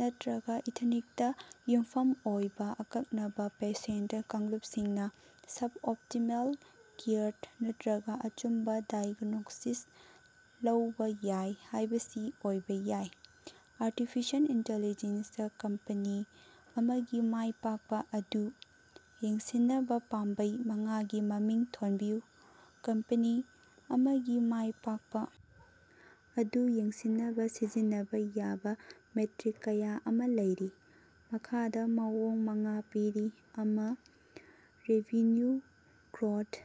ꯅꯠꯇꯔꯒ ꯏꯊꯅꯤꯛꯇ ꯌꯨꯝꯐꯝ ꯑꯣꯏꯕ ꯑꯀꯛꯅꯕ ꯄꯦꯁꯦꯟꯠ ꯀꯥꯡꯂꯨꯄꯁꯤꯡꯅ ꯁꯕ-ꯑꯣꯞꯇꯤꯃꯦꯜ ꯀꯦꯌꯔ ꯅꯠꯇꯔꯒ ꯑꯆꯨꯝꯕ ꯗꯥꯏꯒꯅꯣꯁꯤꯁ ꯂꯧꯕ ꯌꯥꯏ ꯍꯥꯏꯕꯁꯤ ꯑꯣꯏꯕ ꯌꯥꯏ꯫ ꯑꯔꯇꯤꯐꯤꯁꯤꯑꯦꯜ ꯏꯟꯇꯦꯜꯂꯤꯖꯦꯟꯁ ꯀꯝꯄꯦꯅꯤ ꯑꯃꯒꯤ ꯃꯥꯏ ꯄꯥꯛꯄ ꯑꯗꯨ ꯌꯦꯡꯁꯤꯟꯅꯕ ꯄꯥꯝꯕꯩ ꯃꯉꯥꯒꯤ ꯃꯃꯤꯡ ꯊꯣꯟꯕꯤꯌꯨ꯫ ꯀꯝꯄꯦꯅꯤ ꯑꯃꯒꯤ ꯃꯥꯏ ꯄꯥꯛꯄ ꯑꯗꯨ ꯌꯦꯡꯁꯤꯟꯅꯕ ꯁꯤꯖꯤꯟꯅꯕ ꯌꯥꯕ ꯃꯦꯇ꯭ꯔꯤꯛ ꯀꯌꯥ ꯑꯃꯥ ꯂꯩꯔꯤ꯫ ꯃꯈꯥꯗꯥ ꯃꯑꯣꯡ ꯃꯉꯥ ꯄꯤꯔꯤ: ꯑꯃ꯬ ꯔꯦꯚꯤꯅ꯭ꯌꯨ ꯒ꯭ꯔꯣꯊ: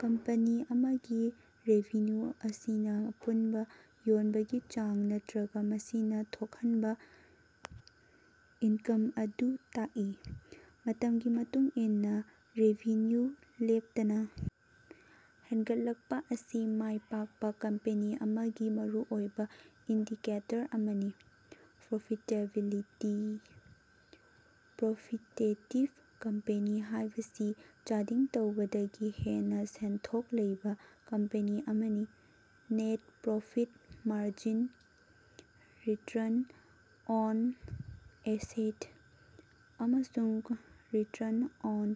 ꯀꯝꯄꯅꯤ ꯑꯃꯒꯤ ꯔꯦꯚꯤꯅ꯭ꯌꯨ ꯑꯁꯤꯅ ꯑꯄꯨꯟꯕ ꯌꯣꯟꯕꯒꯤ ꯆꯥꯡ ꯅꯠꯇꯔꯒ ꯃꯁꯤꯅ ꯊꯣꯛꯍꯟꯕ ꯏꯅꯀꯝ ꯑꯗꯨ ꯇꯥꯀꯏ꯫ ꯃꯇꯝꯒꯤ ꯃꯇꯨꯡ ꯏꯟꯅ ꯔꯦꯚꯤꯅ꯭ꯌꯨꯗ ꯂꯦꯞꯇꯅ ꯍꯦꯟꯒꯠꯂꯛꯄ ꯑꯁꯤ ꯃꯥꯏ ꯄꯥꯛꯄ ꯀꯝꯄꯦꯅꯤ ꯑꯃꯒꯤ ꯃꯔꯨꯑꯣꯏꯕ ꯏꯟꯗꯤꯀꯦꯇꯔ ꯑꯃꯅꯤ꯫ ꯄ꯭ꯔꯣꯐꯤꯇꯦꯕꯤꯂꯤꯇꯤ: ꯄ꯭ꯔꯣꯐꯤꯇꯦꯇꯤꯕ ꯀꯝꯄꯦꯅꯤ ꯍꯥꯏꯕꯁꯤ ꯆꯥꯗꯤꯡ ꯇꯧꯕꯗꯒꯤ ꯍꯦꯟꯅ ꯁꯦꯟꯊꯣꯛ ꯂꯩꯕ ꯀꯝꯄꯦꯅꯤ ꯑꯃꯅꯤ꯫ Net profit margin, return on asset, ꯑꯃꯁꯨꯡ ꯔꯤꯇ꯭ꯔꯟ ꯑꯣꯟ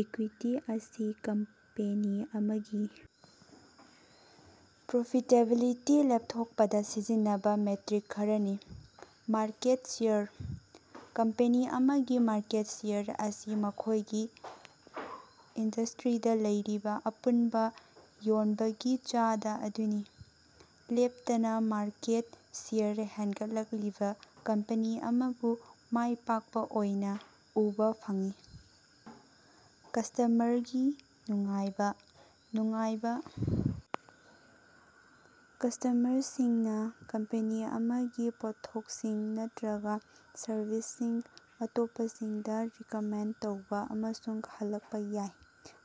ꯏꯀ꯭ꯋꯤꯇꯤ ꯑꯁꯤ ꯀꯝꯄꯦꯅꯤ ꯑꯃꯒꯤ ꯄ꯭ꯔꯣꯐꯤꯇꯦꯕꯤꯂꯤꯇꯤ ꯂꯦꯞꯊꯣꯛꯄꯗ ꯁꯤꯖꯤꯟꯅꯕ ꯃꯦꯇ꯭ꯔꯤꯛ ꯈꯔꯅꯤ꯫ ꯃꯥꯔꯀꯦꯠ ꯁꯦꯌꯔ: ꯀꯝꯄꯦꯅꯤ ꯑꯃꯒꯤ ꯃꯥꯔꯀꯦꯠ ꯁꯦꯌꯔ ꯑꯁꯤ ꯃꯈꯣꯏꯒꯤ ꯏꯟꯗ꯭ꯁꯇ꯭ꯔꯤꯗ ꯂꯩꯔꯤꯕ ꯑꯄꯨꯟꯕ ꯌꯣꯟꯕꯒꯤ ꯆꯥꯗ ꯑꯗꯨꯅꯤ꯫ ꯂꯦꯞꯇꯅ ꯃꯥꯔꯀꯦꯠ ꯁꯦꯌꯔ ꯍꯦꯟꯒꯠꯂꯛꯂꯤꯕ ꯀꯝꯄꯦꯅꯤ ꯑꯃꯕꯨ ꯃꯥꯏ ꯄꯥꯛꯄ ꯑꯣꯏꯅ ꯎꯕ ꯐꯪꯏ꯫ ꯀ꯭ꯁꯇꯃ꯭ꯔꯒꯤ ꯅꯨꯡꯉꯥꯏꯕ: ꯅꯨꯡꯉꯥꯏꯕ ꯀ꯭ꯁꯇꯃ꯭ꯔꯁꯤꯡꯅ ꯀꯝꯄꯦꯅꯤ ꯑꯃꯒꯤ ꯄꯣꯠꯊꯣꯛꯁꯤꯡ ꯅꯠꯇꯔꯒ ꯁꯔꯕꯤꯁꯁꯤꯡ ꯑꯇꯣꯞꯄꯁꯤꯡꯗ ꯔꯤꯀꯃꯦꯟꯗ ꯇꯧꯕꯥ ꯑꯃꯁꯨꯡ ꯍꯜꯂꯛꯄ ꯌꯥꯏ꯫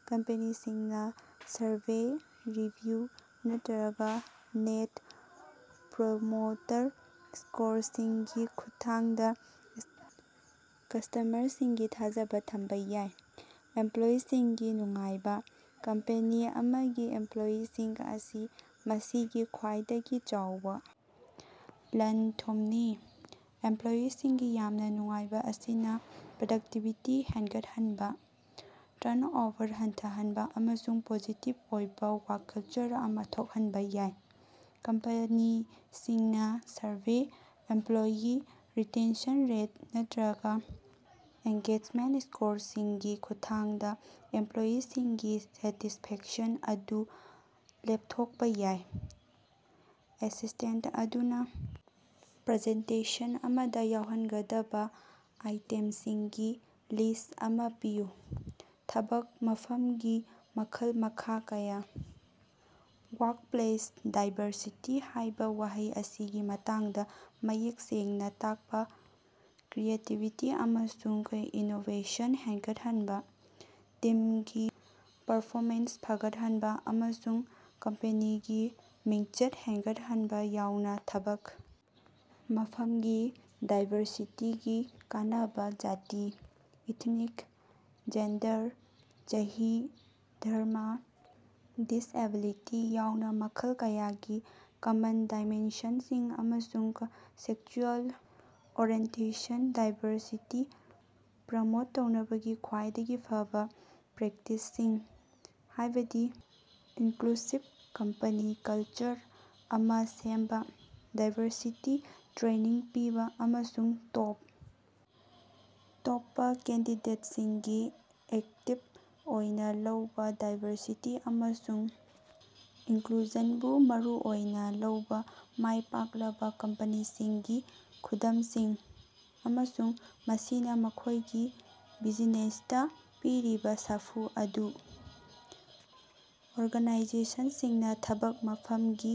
ꯀꯝꯄꯦꯅꯤꯁꯤꯡꯅ ꯁꯔꯚꯦ, ꯔꯤꯚꯤꯌꯨ, ꯅꯠꯇꯔꯒ ꯅꯦꯠ ꯄ꯭ꯔꯣꯃꯣꯇꯔ ꯁ꯭ꯀꯣꯔꯁꯤꯡꯒꯤ ꯈꯨꯠꯊꯥꯡꯗ ꯀ꯭ꯁꯇꯃ꯭ꯔꯁꯤꯡꯒꯤ ꯊꯥꯖꯕ ꯊꯝꯕ ꯌꯥꯏ꯫ ꯑꯦꯝꯄ꯭ꯂꯣꯌꯤꯁꯤꯡꯒꯤ ꯅꯨꯡꯉꯥꯏꯕ: ꯀꯝꯄꯦꯅꯤ ꯑꯃꯒꯤ ꯏꯝꯄ꯭ꯂꯣꯌꯤꯁꯤꯡ ꯑꯁꯤ ꯃꯁꯤꯒꯤ ꯈ꯭ꯋꯥꯏꯗꯒꯤ ꯆꯥꯎꯕ ꯂꯟ-ꯊꯨꯝꯅꯤ꯫ ꯑꯦꯝꯄ꯭ꯂꯣꯌꯤꯁꯤꯡꯒꯤ ꯌꯥꯝꯅ ꯅꯨꯡꯉꯥꯏꯕ ꯑꯁꯤꯅ ꯄ꯭ꯔꯗꯛꯇꯤꯚꯤꯇꯤ ꯍꯦꯟꯒꯠꯍꯟꯕ, ꯇ꯭ꯔꯟꯑꯣꯚꯔ ꯍꯟꯊꯍꯟꯕ ꯑꯃꯁꯨꯡ ꯄꯣꯖꯤꯇꯤꯚ ꯑꯣꯏꯕ ꯋꯥ꯭ꯔꯛ ꯀꯜꯆꯔ ꯑꯃꯥ ꯊꯣꯛꯍꯟꯕ ꯌꯥꯏ꯫ ꯀꯝꯄꯅꯤꯁꯤꯡꯅꯥ ꯁꯔꯚꯦ, ꯏꯝꯄ꯭ꯂꯣꯌꯤ ꯔꯤꯇꯦꯟꯁꯟ ꯔꯦꯠ, ꯅꯠꯇꯔꯒ ꯑꯦꯡꯒꯦꯖꯃꯦꯟꯠ ꯁ꯭ꯀꯣꯔꯁꯤꯡꯒꯤ ꯈꯨꯠꯊꯥꯡꯗ ꯏꯝꯄ꯭ꯂꯣꯌꯤꯁꯤꯡꯒꯤ ꯁꯦꯇꯤꯁꯐꯦꯛꯁꯟ ꯑꯗꯨ ꯂꯦꯄꯊꯣꯛꯄ ꯌꯥꯏ꯫ ꯑꯦꯁꯤꯁ꯭ꯇꯦꯟꯠ ꯑꯗꯨꯅ ꯄ꯭ꯔꯖꯦꯟꯇꯦꯁꯟ ꯑꯃꯗ ꯌꯥꯎꯍꯟꯒꯗꯕ ꯑꯥꯏꯇꯦꯝꯁꯤꯡꯒꯤ ꯂꯤꯁ꯭ꯠ ꯑꯃꯥ ꯄꯤꯌꯨ꯫ ꯊꯕꯛ ꯃꯐꯃꯒꯤ ꯃꯈꯜ-ꯃꯈꯥ ꯀꯌꯥ꯫ "ꯋꯥ꯭ꯔꯛꯄ꯭ꯂꯦꯁ ꯗꯥꯏꯕꯔꯁꯤꯇꯤ" ꯍꯥꯏꯕ ꯋꯥꯍꯩ ꯑꯁꯤꯒꯤ ꯃꯇꯥꯡꯗ ꯃꯌꯦꯛ ꯁꯦꯡꯅ ꯇꯥꯛꯄ ꯀ꯭ꯔꯤꯌꯦꯇꯤꯕꯤꯇꯤ ꯑꯃꯁꯨꯡ ꯏꯅꯣꯕꯦꯁꯟ ꯍꯦꯟꯒꯠꯍꯟꯕ, ꯇꯤꯝꯒꯤ ꯄꯔꯐꯣꯃꯦꯟꯁ ꯐꯒꯠꯍꯟꯕ, ꯑꯃꯁꯨꯡ ꯀꯝꯄꯦꯅꯤꯒꯤ ꯃꯤꯡꯆꯠ ꯍꯦꯟꯒꯠꯍꯟꯕ ꯌꯥꯎꯅ ꯊꯕꯛ ꯃꯐꯝꯒꯤ ꯗꯥꯏꯕꯔꯁꯤꯇꯤꯒꯤ ꯀꯥꯟꯅꯕ ꯖꯥꯇꯤ, ꯏꯊꯅꯤꯛ, ꯖꯦꯟꯗꯔ, ꯆꯍꯤ, ꯙꯔꯃ, ꯗꯤꯁꯑꯦꯕꯤꯂꯤꯇꯤ ꯌꯥꯎꯅ ꯃꯈꯜ ꯀꯌꯥꯒꯤ ꯀꯃꯟ ꯗꯥꯏꯃꯦꯟꯁꯟꯁꯤꯡ ꯑꯃꯁꯨꯡ ꯁꯦꯛꯁꯨꯑꯦꯜ ꯑꯣꯔꯤꯑꯦꯟꯇꯦꯁꯟ ꯗꯥꯏꯕꯔꯁꯤꯇꯤ ꯄ꯭ꯔꯃꯣꯠ ꯇꯧꯅꯕꯒꯤ ꯈ꯭ꯋꯥꯏꯗꯒꯤ ꯐꯕ ꯄ꯭ꯔꯦꯛꯇꯤꯁꯁꯤꯡ, ꯍꯥꯏꯕꯗꯤ ꯏꯅꯀ꯭ꯂꯨꯁꯤꯚ ꯀꯝꯄꯅꯤ ꯀꯜꯆꯔ ꯑꯃꯥ ꯁꯦꯝꯕ, ꯗꯥꯏꯕꯔꯁꯤꯇꯤ ꯇ꯭ꯔꯦꯅꯤꯡ ꯄꯤꯕ, ꯑꯃꯁꯨꯡ ꯇꯣꯞ ꯇꯣꯞꯄ ꯀꯦꯟꯗꯤꯗꯦꯠꯁꯤꯡ ꯑꯦꯛꯇꯤꯞ ꯑꯣꯏꯅ ꯂꯧꯕ ꯗꯥꯏꯕꯔꯁꯤꯇꯤ ꯑꯃꯁꯨꯡ ꯏꯅꯀ꯭ꯂꯨꯖꯟꯕꯨ ꯃꯔꯨꯑꯣꯏꯅ ꯂꯧꯕ ꯃꯥꯏꯄꯥꯛꯂꯕ ꯀꯝꯄꯅꯤꯁꯤꯡꯒꯤ ꯈꯨꯗꯝꯁꯤꯡ, ꯑꯃꯁꯨꯡ ꯃꯁꯤꯅ ꯃꯈꯣꯏꯒꯤ ꯕꯤꯖꯤꯅꯦꯁꯇ ꯄꯤꯔꯤꯕ ꯁꯥꯐꯨ ꯑꯗꯨ꯫ ꯑꯣꯔꯒꯅꯥꯏꯖꯦꯁꯟꯁꯤꯡꯅ ꯊꯕꯛ ꯃꯐꯝꯒꯤ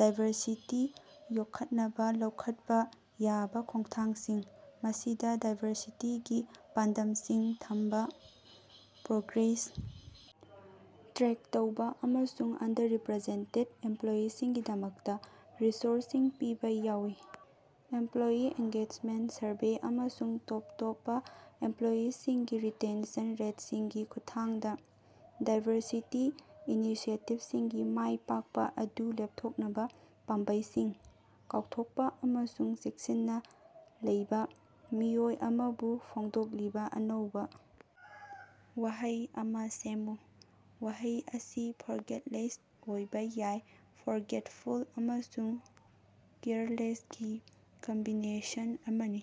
ꯗꯥꯏꯕꯔꯁꯤꯇꯤ ꯌꯣꯛꯈꯠꯅꯕ ꯂꯧꯈꯠꯄ ꯌꯥꯕ ꯈꯣꯡꯊꯥꯡꯁꯤꯡ, ꯃꯁꯤꯗ ꯗꯥꯏꯕꯔꯁꯤꯇꯤꯒꯤ ꯄꯥꯟꯗꯝꯁꯤꯡ ꯊꯝꯕ, ꯄ꯭ꯔꯣꯒ꯭ꯔꯦꯁ ꯇ꯭ꯔꯦꯛ ꯇꯧꯕ, ꯑꯃꯁꯨꯡ ꯑꯟꯗꯔꯔꯤꯄ꯭ꯔꯦꯖꯦꯟꯇꯦꯗ ꯏꯃꯄ꯭ꯂꯣꯌꯤꯁꯤꯡꯒꯤꯗꯃꯛꯇ ꯔꯤꯁꯣꯔꯁꯁꯤꯡ ꯄꯤꯕ ꯌꯥꯎꯏ꯫ ꯑꯦꯝꯄ꯭ꯂꯣꯌꯤ ꯑꯦꯟꯒꯦꯖꯃꯦꯟꯠ ꯁꯔꯚꯦ ꯑꯃꯁꯨꯡ ꯇꯣꯞ ꯇꯣꯞꯄ ꯏꯃꯄ꯭ꯂꯣꯌꯤꯁꯤꯡꯒꯤ ꯔꯤꯇꯦꯟꯁꯟ ꯔꯦꯠꯁꯤꯡꯒꯤ ꯈꯨꯠꯊꯥꯡꯗ, ꯗꯥꯏꯕꯔꯁꯤꯇꯤ ꯏꯅꯤꯁꯤꯌꯦꯇꯤꯕꯁꯤꯡꯒꯤ ꯃꯥꯏ ꯄꯥꯛꯄ ꯑꯗꯨ ꯂꯦꯞꯊꯣꯛꯅꯕ ꯄꯥꯝꯕꯩꯁꯤꯡ꯫ ꯀꯥꯎꯊꯣꯛꯄ ꯑꯃꯁꯨꯡ ꯆꯦꯛꯁꯤꯟꯅ ꯂꯩꯕ ꯃꯤꯑꯣꯏ ꯑꯃꯕꯨ ꯐꯣꯡꯗꯣꯛꯂꯤꯕ ꯑꯅꯧꯕ ꯋꯥꯍꯩ ꯑꯃꯥ ꯁꯦꯝꯃꯨ꯫ ꯋꯥꯍꯩ ꯑꯁꯤ "ꯐ꯭ꯣꯔꯒꯦꯠꯂꯦꯁ" ꯑꯣꯏꯕ ꯌꯥꯏ "ꯐ꯭ꯣꯔꯒꯦꯠꯐꯨꯜ" ꯑꯃꯁꯨꯡ "ꯀꯦꯌꯔꯂꯦꯁ"ꯒꯤ ꯀꯝꯕꯤꯅꯦꯁꯟ ꯑꯃꯅꯤ꯫